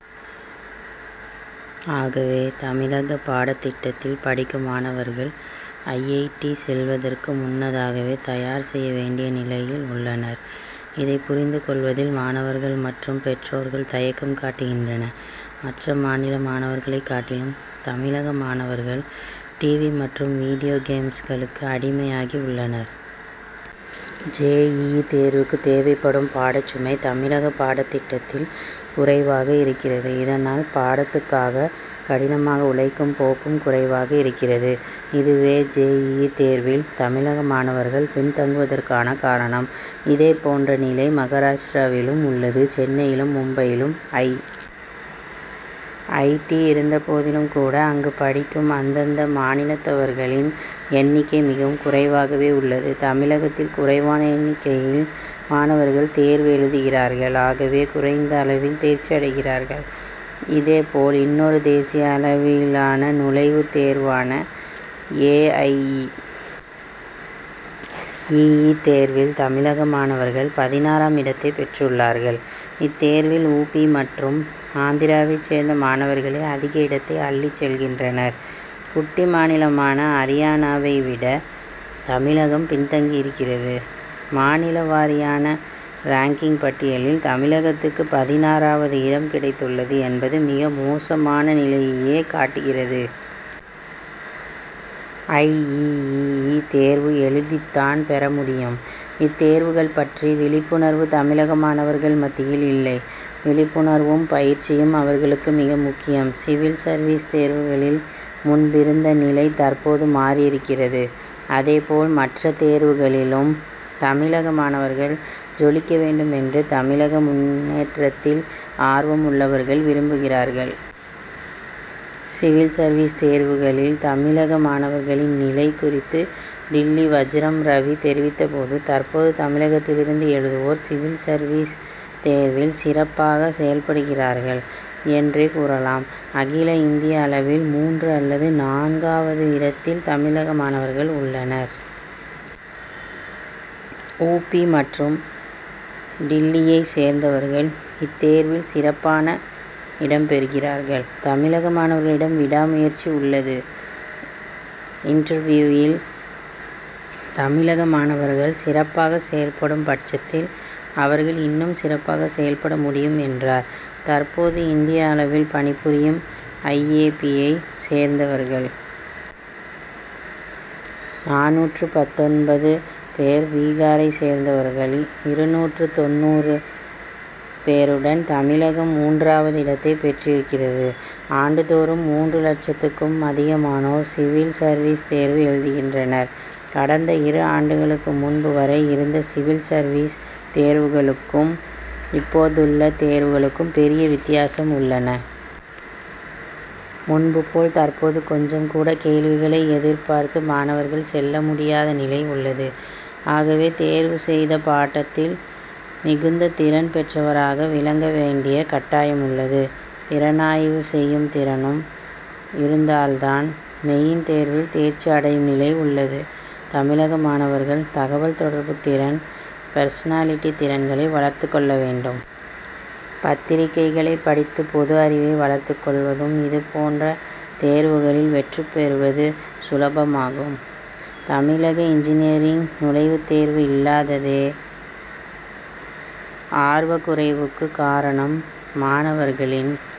ஆகவே, தமிழக பாடத்திட்டத்தில் படிக்கும் மாணவர்கள், ஐ. ஐ. டி., செல்வதற்கு முன்னதாகவே தயார் செய்ய வேண்டிய நிலையில் உள்ளனர். இதை புரிந்து கொள்வதில் மாணவர்கள் மற்றும் பெற்றோர்கள் தயக்கம் காட்டுகின்றனர். மற்ற மாநில மாணவர்களைக் காட்டிலும் தமிழக மாணவர்கள் "டிவி' மற்றும் வீடியோ கேம்ஸ்களுக்கு அடிமையாகி உள்ளனர். ஜே. இ. இ., தேர்வுக்கு தேவைப்படும் பாடச் சுமை தமிழக பாடத்திட்டத்தில் குறைவாக இருக்கிறது. இதனால் பாடத்துக்காக கடினமாக உழைக்கும் போக்கும் குறைவாக இருக்கிறது. இதுவே ஜே. இ. இ., தேர்வில் தமிழக மாணவர்கள் பின்தங்குவதற்கான காரணம். இதே போன்ற நிலை மகாராஷ்டிராவிலும் உள்ளது. சென்னையிலும் மும்பையிலும் ஐ. ஐ. டி., இருந்த போதிலும் கூட, அங்கு படிக்கும் அந்தந்த மாநிலத்தவர்களின் எண்ணிக்கை மிகவும் குறைவாகவே உள்ளது. தமிழகத்தில் குறைவான எண்ணிக்கையில் மாணவர்கள் தேர்வு எழுதுகிறார்கள். ஆகவே குறைந்த அளவில் தேர்ச்சி அடைகிறார்கள். இதே போல், இன்னொரு தேசிய அளவிலானநுழைவுத் தேர்வான ஏ. ஐ. இ. இ. இ., தேர்வில் தமிழகமாணவர்கள் பதினாறாம் இடத்தைப் பெற்றுள்ளார்கள். இத்தேர்வில் உ. பி., மற்றும் ஆந்திராவைச் சேர்ந்த மாணவர்களே அதிக இடத்தை அள்ளிச் செல்கின்றனர். குட்டி மாநிலமான அரியானாவை விட தமிழகம் பின்தங்கியிருக்கிறது. மாநில வாரியான ரேங்கிங் பட்டியலில் தமிழகத்துக்கு பதினாறாவது இடம் கிடைத்துள்ளது என்பது மிக மோசமான நிலையையே காட்டுகிறது. ஐ. இ. இ. இ., தேர்வு எழுதித்தான் பெறமுடியும். இத்தேர்வுகள்பற்றி விழிப்புணர்வு தமிழக மாணவர்கள் மத்தியில் இல்லை. விழிப்புணர்வும் பயிற்சியும் அவர்களுக்கு மிக முக்கியம். சிவில் சர்வீஸ் தேர்வுகளில் முன்பிருந்த நிலை தற்போது மாறியிருக்கிறது. அதேபோல், மற்ற தேர்வுகளிலும் தமிழக மாணவர்கள் ஜொலிக்க வேண்டும் என்று தமிழக முன்னேற்றத்தில் ஆர்வம் உள்ளவர்கள் விரும்புகிறார்கள். சிவில் சர்வீஸ் தேர்வுகளில் தமிழக மாணவர்களின் நிலை குறித்து டில்லி வஜ்ரம் ரவி தெரிவித்த போது, தற்போது தமிழகத்திலிருந்து எழுதுவோர் சிவில் சர்வீஸ் தேர்வுகளில் சிறப்பாக செயல்படுகிறார்கள் என்றே கூறலாம். அகில இந்திய அளவில் மூன்று அல்லது நான்கு வது இடத்தில் தமிழக மாணவர்கள் உள்ளனர். உ. பி., மற்றும் டில்லியை சேர்ந்தவர்கள் இத்தேர்வில் சிறப்பான இடம் பெறுகிறார்கள். தமிழக மாணவர்களிடம் விடா முயற்சி உள்ளது. இன்டர்வியூவில் தமிழக மாணவர்கள் சிறப்பாக செயல்படும் பட்சத்தில் அவர்கள் இன்னும் சிறப்பாக செயல்படமுடியும்' என்றார். தற்போது, இந்திய அளவில் பணிபுரியும் ஐ. ஏ. பி.,யை சேர்ந்தவர்கள். நானூற்று பத்தொன்பது பேர் பீகாரை சேர்ந்தவர்கள். இருநூற்று தொண்ணூறு பேருடன் தமிழகம் மூன்றாவது இடத்தைப் பெற்றிருக்கிறது. ஆண்டுதோறும் மூன்று லட்சத்துக்கும் அதிகமானோர் சிவில் சர்வீஸ் தேர்வு எழுதுகின்றனர். கடந்த இரு ஆண்டுகளுக்கு முன்பு வரை இருந்த சிவில் சர்வீஸ் தேர்வுகளுக்கும் இப்போதுள்ள தேர்வுகளுக்கும் பெரிய வித்தியாசம் உள்ளன. முன்பு போல், தற்போது கொஞ்சம் கூட, கேள்விகளை எதிர்பார்த்து மாணவர்கள் செல்ல முடியாத நிலை உள்ளது. ஆகவே, தேர்வு செய்த பாடத்தில் மிகுந்த திறன் பெற்றவராக விளங்க வேண்டிய கட்டாயம் உள்ளது. திறனாய்வு செய்யும்திறனும் இருந்தால்தான் மெயின் தேர்வில் தேர்ச்சி அடையும் நிலை உள்ளது. தமிழக மாணவர்கள் தகவல் தொடர்புத் திறன், பெர்சனாலிட்டி திறன்களை வளர்த்துக் கொள்ள வேண்டும். பத்திரிகைகளை படித்து பொது அறிவை வளர்த்துக் கொள்வதும் இதுபோன்ற தேர்வுகளில் வெற்றிபெறுவது சுலபமாகும். தமிழக இன்ஜினியரிங் நுழைவுத் தேர்வு இல்லாததே ஆர்வக்குறைவுக்கு காரணம் மாணவர்களின்